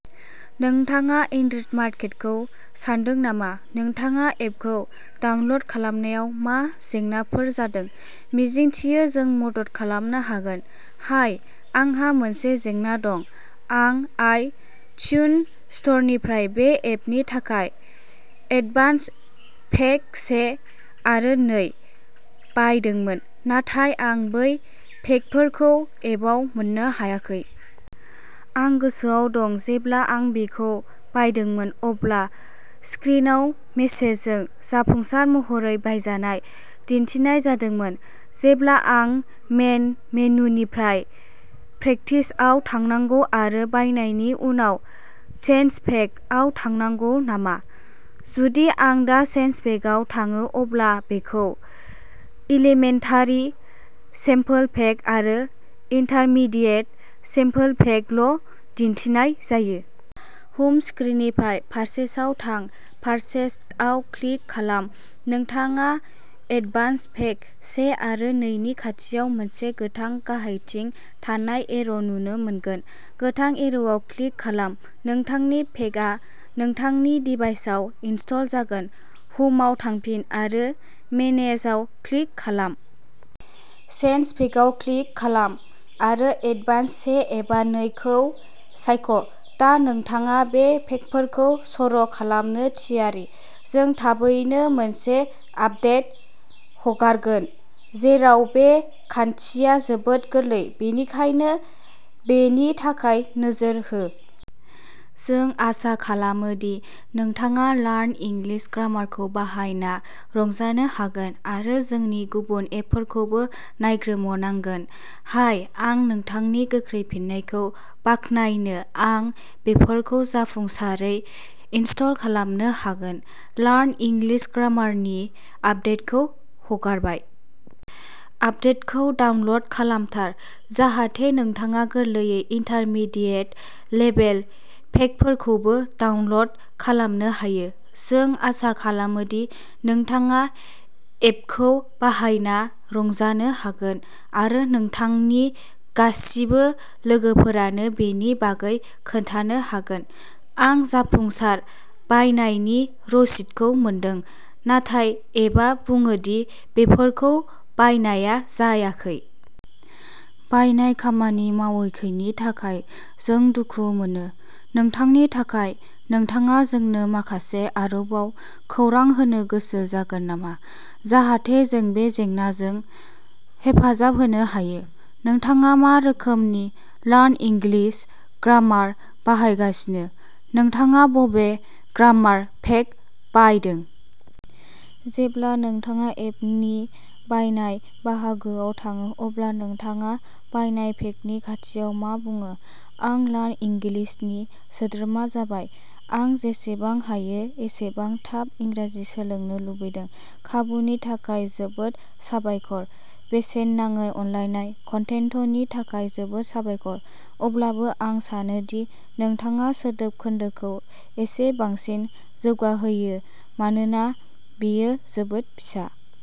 नोंथाङा एन्ड्रइड मार्केटखौ सान्दों नामा? नोंथाङा एपखौ डाउनल'ड खालामनायाव मा जेंनाफोर जादों? मिजिंथियो जों मदद खालामनो हागोन! हाय, आंहा मोनसे जेंना दं। आं आइ ट्यून स्ट'रनिफ्राय बे एपनि थाखाय एडभान्स पेक से आरो नै बायदोंमोन, नाथाय आं बै पेकफोरखौ एपआव मोननो हायाखै। आं गोसोआव दं जेब्ला आं बेखौ बायदोंमोन अब्ला स्क्रिनआव मेसेजखौ "जाफुंसार महरै बायजानाय" दिन्थिनाय जादोंमोन। जेब्ला आं मेन मेनुनिफ्राय "प्रेकटिस" आव थांनांगौ, आरो बायनायनि उनाव "चेन्ज पेक" आव थांनांगौ नामा? जुदि आं दा "चेन्ज पेक" आव थाङो, अब्ला बेखौ "इलिमेन्टारि सेम्पोल पेक" आरो "इन्टारमिडियेट सेम्पोल पेक" ल' दिन्थिनाय जायो। हम स्क्रिननिफ्राय पारचेजआव थां। पारचेजडआव क्लिक खालाम। नोंथाङा एडभान्स पेक से आरो नै नि खाथियाव मोनसे गोथां गाहायथिं थानाय एर' नुनो मोनगोन। गोथां एर'आव क्लिक खालाम नोंथांनि पेकआ नोंथांनि दिभाइसआव इनस्टल जागोन। हमआव थांफिन आरो मेनेजाव क्लिक खालाम। चेन्ज पेकआव क्लिक खालाम आरो एडभान्स से एबा नै खौ सायख'। दा नोंथाङा बे पेकफोरखौ सर' खालामनो थियारि! जों थाबैनो मोनसे आपदेट हगारगोन जेराव बे खान्थिया जोबोद गोरलै, बेनिखायनो बेनि थाखाय नोजोर हो! जों आसा खालामो दि नोंथाङा लार्न इंलिश ग्रामारखौ बाहायना रंजानो हागोन आरो जोंनि गुबुन एपफोरखौबो नायग्रोमनांगोन। हाय, आं नोंथांनि गोख्रै फिननायखौ बाख्नायनो। आं बेफोरखौ जाफुंसारै इनस्टल खालामनो हागोन! लार्न इंलिश ग्रामारनि आपदेटखौ हगारबाय! आपदेटखौ डाउनल'ड खालामथार जाहाथे नोंथाङा गोरलैयै इन्टारमिडियेत लेभेल पेकफोरखौबो डाउनल'ड खालामनो हायो। जों आसा खालामो दि नोंथाङा एपखौ बाहायना रंजानो हागोन आरो नोंथांनि गासिबो लोगोफोरानो बेनि बागै खोन्थानो हागोन! आं जाफुंसार बायनायनि रसिदखौ मोनदों, नाथाय एपआ बुङोदि बेफोरखौ बायनाय जायाखै। बायनाय खामानि मावाखैनि थाखाय जों दुखु मोनो। नोंथांनि थाखाय। नोंथाङा जोंनो माखासे आरोबाव खौरां होनो गोसो जागोन नामा जाहाथे जों बे जेंनाजों हेफाजाब होनो हायो? नोंथाङा मा रोखोमनि लार्न इंग्लिश ग्रामार बाहायगासिनो? नोंथाङा बबे ग्रामार पेक बायदों? जेब्ला नोंथाङा एपनि बायनाय बाहागोआव थाङो, अब्ला नोंथाङा बायनाय पेकनि खाथियाव मा बुङो? आं लार्न इंग्लिशनि सोद्रोमा जाबाय। आं जेसेबां हायो एसेबां थाब इंराजि सोलोंनो लुबैदों। खाबुनि थाखाय जोबोद साबायखर। बेसेन नाङै अनलायनाय कन्टेन्टनि थाखाय जोबोद साबायखर, अब्लाबो आं सानो दि नोंथाङा सोदोब खोन्दोखौ एसे बांसिन जौगाहोयो मानोना बेयो जोबोद फिसा।